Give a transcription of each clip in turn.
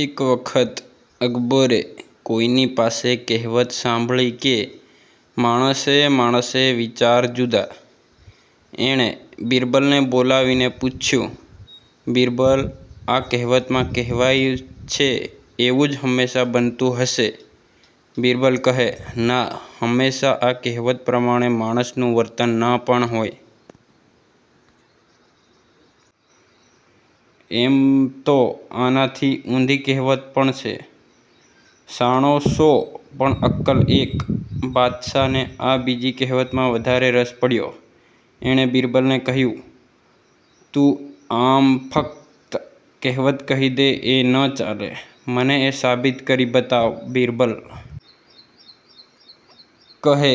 એક વખત અકબરે કોઈની પાસે કહેવત સાંભળી કે માણસે માણસે વિચાર જુદા. એણે બીરબલને બોલાવીને પૂછયું, બીરબલ, આ કહેવતમાં કહેવાયું છે એવું જ હમેશાં બનતું હશે? બીરબલ કહે, ના હમેશાં આ કહેવત પ્રમાણે માણસનું વર્તન ન પણ હોય. એમ તો આનાથી ઊંધી કહેવત પણ છે – શાણા સો પણ અક્કલ એક. બાદશાહને આ બીજી કહેવતમાં વધારે રસ પડયો. એણે બીરબલને કહ્યું, તું આમ ફકત કહેવત કહી દે એ ન ચાલે. મને એ સાબિત કરી બતાવ. બીરબલ કહે,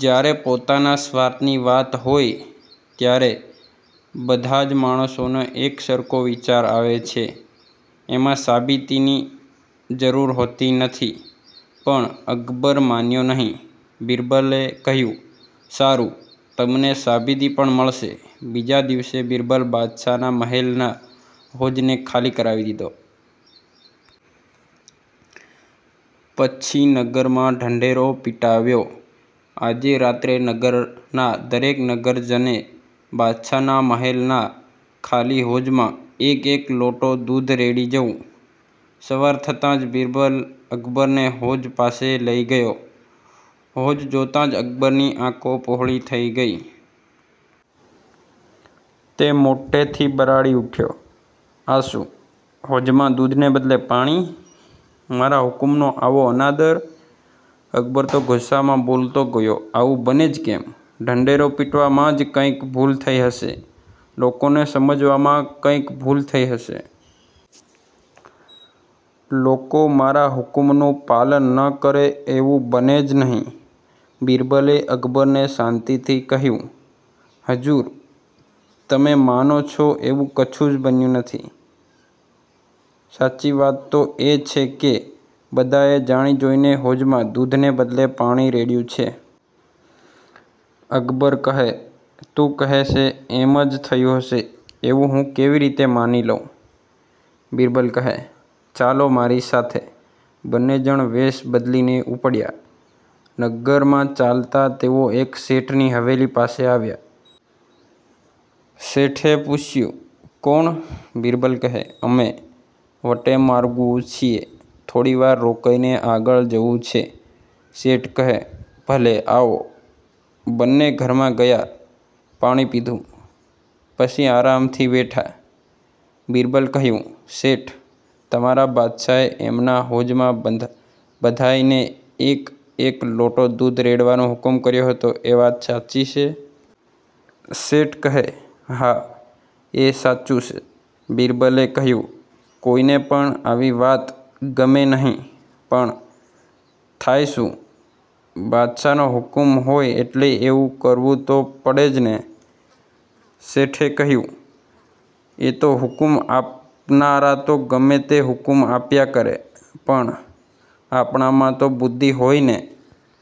જ્યારે પોતાના સ્વાર્થની વાત હોય ત્યારે બધાજ માણસોને એક સરખો વિચાર આવે છે. એમાં સાબિતીની જરૂર હોતી નથી. પણ અકબર માન્યો નહીં. બીરબલે કહ્યું, સારું, તમને સાબિતી પણ મળશે. બીજા દિલસે બીરબલે બાદશાહના મહેલના હોજને ખાલી કરાવી દીધો. પછી નગરમાં ઢંઢેરો પિટાવ્યો, આજે રાત્રે નગરના દરેક નગરજને બાદશાહના મહેલના ખાલી હોજમાં એક-એક લોટો દૂધ રેડી જવું. સવાર થતાં જ બીરબલ અકબરને હોજ પાસે લઈ ગયો. હોજ જોતાં જ અકબરની આંખો પહોળી થઈ ગઈ. તે મોટેથી બરાડી ઊઠ્યો, આ શું, હોજમાં દૂધને બદલે પાણી! મારા હુકમનો આવો અનાદર! અકબર તો ગુસ્સામાં બોલતો ગયો આવું બને જ કેમ? ઢંઢેરો પિટવવામાં જ કંઈ ભૂલ થઈ હશે! લોકોને સમજવામાં કંઈ ભૂલ થઈ હશે! લોકો મારા હુકમનું પાલન ન કરે એવું બને જ નહિ? બીરબલે અકબરને શાંતિથી કહ્યું, હજૂર, તમે માનો છો એવું કશું જ બન્યું નથી. સાચી વાત તો એ છે કે બધાએ જાણી જોઈને હોજમાં દૂધને બદલે પાણી રેડ્યું છે. અકબર કહે, તું કહે છે એમ જ થયું હશે એવું હું કેવી રીતે માની લઉં? બીરબલ કહે, ચાલો મારી સાથે. બંને જણ વેશ બદલીને ઊપડ્યા. નગરમાં ચાલતાં તેઓ એક શેઠની હવેલી પાસે આવ્યા. શેઠે પૂછયું, કોણ? બીરબલ કહે, અમે વટેમાર્ગુ છીએ. થોડીવાર રોકાઈને આગળ જવું છે. શેઠ કહે, ભલે, આવો. બંને ઘરમાં ગયા. પાણી પીધું. પછી આરામથી બેઠા. બીરબલે કહ્યું, શેઠ! તમારા બાદશાહે એમના હોજમાં બધાયને એક –એક લોટો દૂધ રેડવાનો હુકમ કર્યો હતો એ વાત સાચી છે? શેઠ કહે, હા, એ સાચું છે. બીરબલે કહ્યું, કોઈને પણ આવી વાત ગમે નહીં પણ થાય શું? બાદશાહનો હુકમ હોય એટલે એવું કરવું તો પડે જ ને? શેઠે કહ્યું, એ તો હુકમ આપનારા તો ગમે તે હુકમ આપ્યા કરે પણ આપણામાં તો બુદ્ધિ હોય ને?